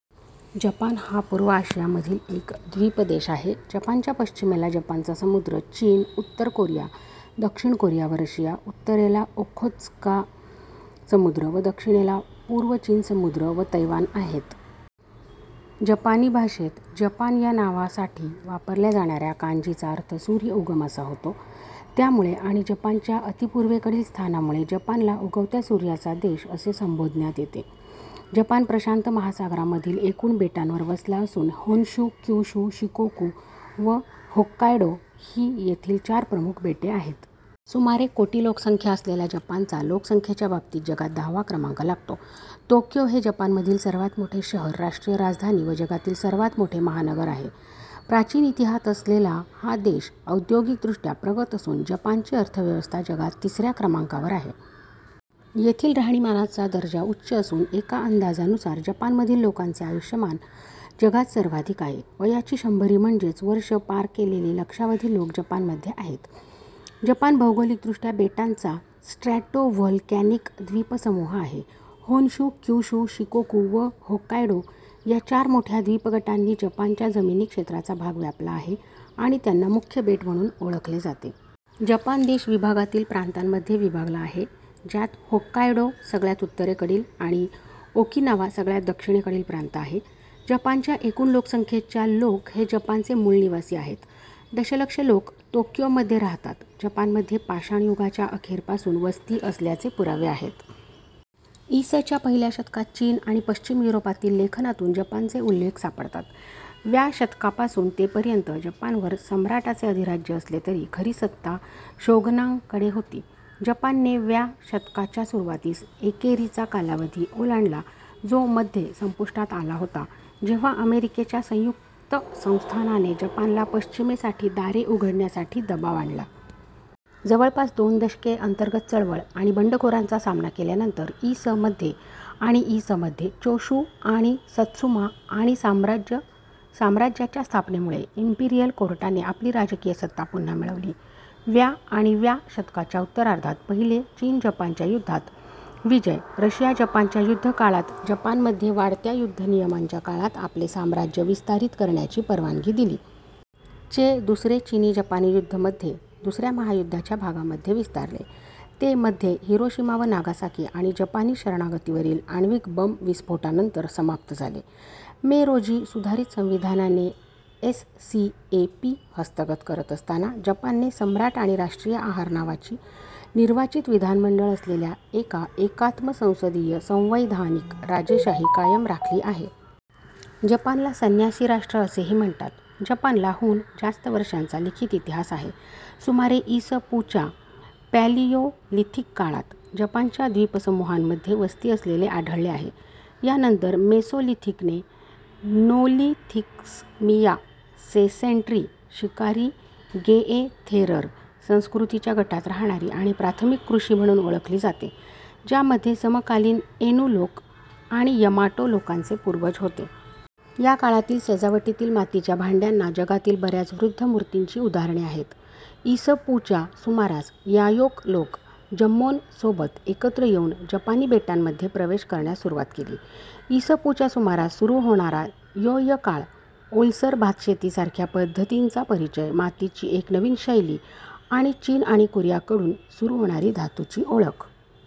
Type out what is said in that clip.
Japan हा पूर्व आशियामधील एक द्वीप-देश आहे. जपानच्या पश्चिमेला जपानचा समुद्र, चीन, उत्तर कोरिया, दक्षिण कोरिया व रशिया, उत्तरेला ओखोत्स्कचा समुद्र व दक्षिणेला पूर्व चीन समुद्र व तैवान आहेत. जपानी भाषेत "जपान" या नावासाठी वापरल्या जाणाऱ्या कांजीचा अर्थ "सूर्य उगम" असा होतो. त्यामुळे आणि जपानच्या अतिपूर्वेकडील स्थानामुळे जपानला उगवत्या सूर्याचा देश असे संबोधण्यात येते. जपान प्रशांत महासागरामधील एकूण बेटांवर वसला असून होन्शू, क्युशू, शिकोकू व होक्कायडो ही येथील चार प्रमुख बेटे आहेत. सुमारे कोटी लोकसंख्या असलेल्या जपानचा लोकसंख्येच्या बाबतीत जगात दहावा क्रमांक लागतो. तोक्यो हे जपानमधील सर्वात मोठे शहर, राष्ट्रीय राजधानी व जगातील सर्वात मोठे महानगर आहे. प्राचीन इतिहास असलेला हा देश औद्योगिकदृष्ट्या प्रगत असून जपानची अर्थव्यवस्था जगात तिसऱ्या क्रमांकावर आहे. येथील राहणीमानाचा दर्जा उच्च असून एका अंदाजानुसार जपानमधील लोकांचे आयुष्यमान जगात सर्वाधिक आहे. वयाची शंभरी म्हणजेच वर्ष पार केलेले लक्षावधी लोकं जपानमध्ये आहेत. जपान भौगोलिकदृष्ट्या बेटांचा स्ट्रॅटोव्होल्कॅनिक द्वीपसमूह आहे. होन्शू, क्युशू, शिकोकू व होक्कायडो या चार मोठ्या द्वीपगटांनी जपानच्या जमीनी क्षेत्राचा भाग व्यापला आहे आणि त्यांना मुख्य बेट म्हणून ओळखले जाते. जपान देश विभागांतील प्रांतांमधे विभागला आहे, ज्यात होक्कायडो सगळ्यात उत्तरेकडील, आणि ओकिनावा सगळ्यात दक्षिणेकडील प्रांत आहे. जपानच्या एकूण लोकसंख्येच्या लोक हे जपानचे मूळ निवासी आहेत. दशलक्ष लोक तोक्योमध्ये राहतात. जपानमध्ये पाषाण युगाच्या अखेरपासून वस्ती असल्याचे पुरावे आहेत. इ. स. च्या पहिल्या शतकात चीन आणि पश्चिम युरोपातील लेखनातून जपानचे उल्लेख सापडतात. व्या शतकापासून ते पर्यंत जपानवर सम्राटाचे अधिराज्य असले तरी खरी सत्ता शोगनांकडे होती. जपानने व्या शतकाच्या सुरुवातीस एकेरीचा कालावधी ओलांडला जो मध्ये संपुष्टात आला होता जेव्हा अमेरिकेच्या संयुक्त संस्थानाने जपानला पश्चिमेसाठी दारे उघडण्यासाठी दबाव आणला. जवळपास दोन दशके अंतर्गत चळवळ आणि बंडखोरांचा सामना केल्यानंतर, इ. स. मध्ये आणि इ. स. मध्ये चोशु आणि सत्सुमा-आणि साम्राज्य साम्राज्याच्या स्थापनेमुळे इम्पीरियल कोर्टाने आपली राजकीय सत्ता पुन्हा मिळवली. व्या आणि व्या शतकाच्या उत्तरार्धात, पहिले चीन -जपानच्या युद्धांत विजय, रशिया-जपानच्या युद्धकाळात जपानमध्ये वाढत्या युद्धनियमांच्या काळात आपले साम्राज्य विस्तारित करण्याची परवानगी दिली. चे दुसरे चीनी-जपानी युद्ध मध्ये दुसऱ्या महायुद्धाच्या भागामध्ये विस्तारले, ते मध्ये हिरोशिमा व नागासाकी आणि जपानी शरणागतीवरील आण्विक बम-विस्फोटानंतर समाप्त झाले. मे रोजी सुधारित संविधानाने एससीएपी हस्तगत करत असताना, जपानने सम्राट आणि राष्ट्रीय आहार नावाची निर्वाचित विधानमंडळ असलेल्या एका एकात्म संसदीय संवैधानिक राजेशाही कायम राखली आहे. जपानला संन्यासीराष्ट्र असेही म्हणतात. जपानला, हून जास्त वर्षांचा लिखित इतिहास आहे. सुमारे इ. स. पू. च्या पॅलियोलिथिक काळात जपानच्या द्वीपसमूहांमध्ये वस्ती असलेले आढळलेआहे. यानंतर मेसोलिथिकने नोलिथिक्समिया-सेसेन्ट्री शिकारी-गेएथेरर संस्कृतीच्या गटात राहणारी आणि प्राथमिक कृषी म्हणून ओळखली जाते, ज्यामध्ये समकालीन एनु लोक आणि यमाटो लोकांचे पूर्वज होते. या काळातील सजावटीतील मातीच्या भांड्यांना जगातील बऱ्याच वृद्ध मूर्तींची उदाहरणे आहेत. इ. स. पू. च्या सुमारास, यायोक लोक जम्मोनसोबत एकत्र येऊन जपानी बेटांमध्ये प्रवेश करण्यास सुरुवात केली. इ. स. पू. च्या सुमारास सुरू होणारा य्योय काळ, ओलसर भातशेतीसारख्या पद्धतींचा परिचय, मातीची एक नवीन शैली आणि चीन आणि कोरियाकडून सुरू होणारी धातूची ओळख.